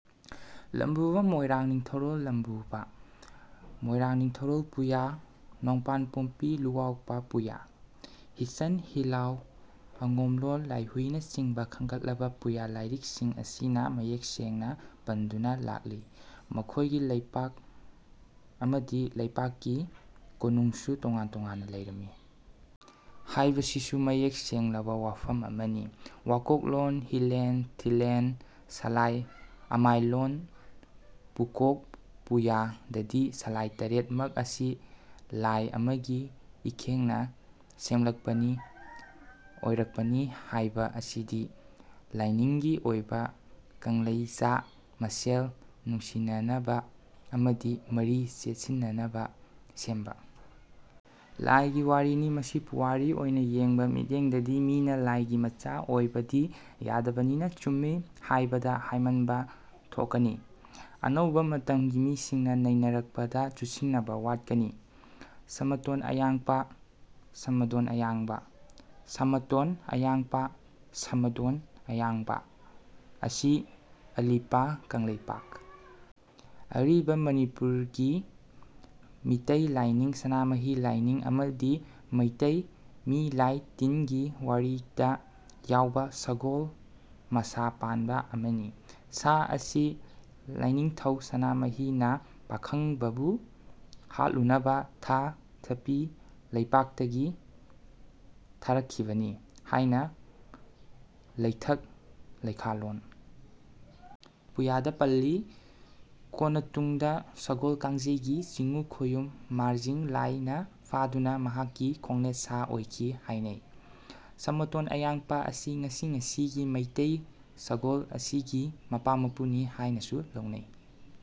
ꯂꯝꯕꯨꯕ, ꯃꯣꯢꯔꯥꯡ ꯅꯤꯡꯊꯧꯔꯣꯜ ꯂꯝꯕꯨꯕ, ꯃꯣꯢꯔꯥꯡ ꯅꯤꯡꯊꯧꯔꯣꯜ ꯄꯨꯌꯥ, ꯅꯣꯡꯄꯥꯟ ꯄꯣꯝꯄꯤ ꯂꯨꯋꯥꯎꯄ ꯄꯨꯌꯥ, ꯍꯤꯆꯟ ꯍꯤꯂꯥꯎ, ꯑꯉꯣꯝꯂꯣꯟ ꯂꯥꯢꯍꯨꯢ ꯅꯆꯤꯡꯕ ꯈꯟꯒꯠꯂꯕ ꯄꯨꯌꯥ ꯂꯥꯢꯔꯤꯛꯁꯤꯡ ꯑꯁꯤꯅ ꯃꯌꯦꯛ ꯁꯦꯡꯅ ꯄꯟꯗꯨꯅ ꯂꯥꯛꯂꯤ꯫ ꯃꯈꯣꯢꯒꯤ ꯂꯩꯄꯥꯛ ꯑꯃꯗꯤ ꯂꯩꯄꯥꯛ ꯀꯤ ꯀꯣꯅꯨꯡꯁꯨ ꯇꯣꯉꯥꯟ ꯇꯣꯉꯥꯟꯅ ꯂꯩꯔꯝꯃꯤ ꯍꯥꯢꯕꯁꯤꯁꯨ ꯃꯌꯦꯛ ꯁꯦꯡꯂꯕ ꯋꯥꯐꯝ ꯑꯃꯅꯤ꯫ ꯋꯥꯀꯣꯛꯂꯣꯟ ꯍꯤꯂꯦꯜ ꯊꯤꯂꯦꯜ ꯁꯂꯥꯏ ꯑꯃꯥꯏꯂꯣꯟ ꯄꯨꯀꯣꯛ ꯄꯨꯌꯥ ꯗꯗꯤ ꯁꯂꯥꯢ ꯇꯔꯦꯠ ꯃꯛ ꯑꯁꯤ ꯂꯥꯢ ꯑꯃꯒꯤ ꯏꯈꯦꯡꯅ ꯁꯦꯝꯂꯛꯄꯅꯤ ꯑꯣꯢꯔꯛꯄꯅꯤ ꯍꯥꯢꯕ ꯑꯁꯤꯗꯤ ꯂꯥꯢꯅꯤꯡꯒꯤ ꯑꯣꯢꯕ ꯀꯪꯂꯩꯆꯥ ꯃꯁꯦꯜ ꯅꯨꯡꯁꯤꯅꯅꯕ ꯑꯃꯗꯤ ꯃꯔꯤ ꯆꯦꯠꯁꯤꯟꯅꯅꯕ ꯁꯦꯝꯕ ꯂꯥꯢꯒꯤ ꯋꯥꯔꯤꯅꯤ꯫ ꯃꯁꯤ ꯄꯨꯋꯥꯔꯤ ꯑꯣꯢꯅ ꯌꯦꯡꯕ ꯃꯤꯠꯌꯦꯡꯗꯗꯤ ꯃꯤꯅ ꯂꯥꯢꯒꯤ ꯃꯆꯥ ꯑꯣꯢꯕꯗꯤ ꯌꯥꯗꯕꯅꯤꯅ ꯆꯨꯝꯃꯤ ꯍꯥꯢꯕꯗ ꯍꯥꯢꯃꯟꯕ ꯊꯣꯛꯀꯅꯤ꯫ ꯑꯅꯧꯕ ꯃꯇꯝꯒꯤ ꯃꯤꯁꯤꯡꯅ ꯅꯩꯅꯔꯛꯄꯗ ꯆꯨꯁꯤꯟꯅꯕ ꯋꯥꯠꯀꯅꯤ꯫ "ꯁꯃꯇꯣꯟ ꯑꯌꯥꯡꯄ" (ꯁꯃꯗꯣꯟ ꯑꯌꯥꯡꯕ, ꯁꯥꯃꯇꯣꯟ ꯑꯌꯥꯡꯄ, ꯁꯥꯃꯗꯣꯟ ꯑꯌꯥꯡꯕ) ꯑꯁꯤ ꯑꯂꯤꯄ ꯀꯪꯂꯩꯄꯥꯛ (ꯑꯔꯤꯕ ꯃꯅꯤꯄꯨꯔ) ꯒꯤ ꯃꯤꯇꯩ ꯂꯥꯢꯅꯤꯡ (ꯁꯅꯥꯃꯍꯤ ꯂꯥꯢꯅꯤꯡ) ꯑꯃꯗꯤ ꯃꯩꯇꯩ ꯃꯤ ꯂꯥꯢ ꯇꯤꯟꯒꯤ ꯋꯥꯔꯤꯗ ꯌꯥꯎꯕ ꯁꯒꯣꯜ ꯃꯁꯥ ꯄꯥꯟꯕ ꯑꯃꯅꯤ꯫ ꯁꯥ ꯑꯁꯤ ꯂꯥꯢꯅꯤꯡꯊꯧ ꯁꯅꯥꯃꯍꯤ ꯅ ꯄꯥꯈꯪꯕ ꯕꯨ ꯍꯥꯠꯂꯨꯅꯕ ꯊꯥ (ꯊꯄꯤ) ꯂꯩꯄꯥꯛꯇꯒꯤ ꯊꯥꯔꯛꯈꯤꯕꯅꯤ ꯍꯥꯢꯅ ꯂꯩꯊꯛ ꯂꯩꯈꯥꯂꯣꯜ ꯄꯨꯌꯥꯗ ꯄꯜꯂꯤ꯫ ꯀꯣꯟꯅ ꯇꯨꯡꯗ ꯁꯒꯣꯜ ꯀꯥꯡꯖꯩꯒꯤ ꯆꯤꯉꯨ ꯈꯣꯌꯨꯝ ꯃꯥꯔꯖꯤꯡ ꯂꯥꯢ ꯅ ꯐꯥꯗꯨꯅ ꯃꯍꯥꯛꯀꯤ ꯈꯣꯡꯅꯦꯠ ꯁꯥ ꯑꯣꯢꯈꯤ ꯍꯥꯢꯅꯩ꯫ ꯁꯃꯇꯣꯟ ꯑꯌꯥꯡꯄ ꯑꯁꯤ ꯉꯁꯤ ꯉꯁꯤꯒꯤ ꯃꯩꯇꯩ ꯁꯒꯣꯜ ꯑꯁꯤꯒꯤ ꯃꯄꯥ ꯃꯄꯨ ꯅꯤ ꯍꯥꯢꯅꯁꯨ ꯂꯧꯅꯩ꯫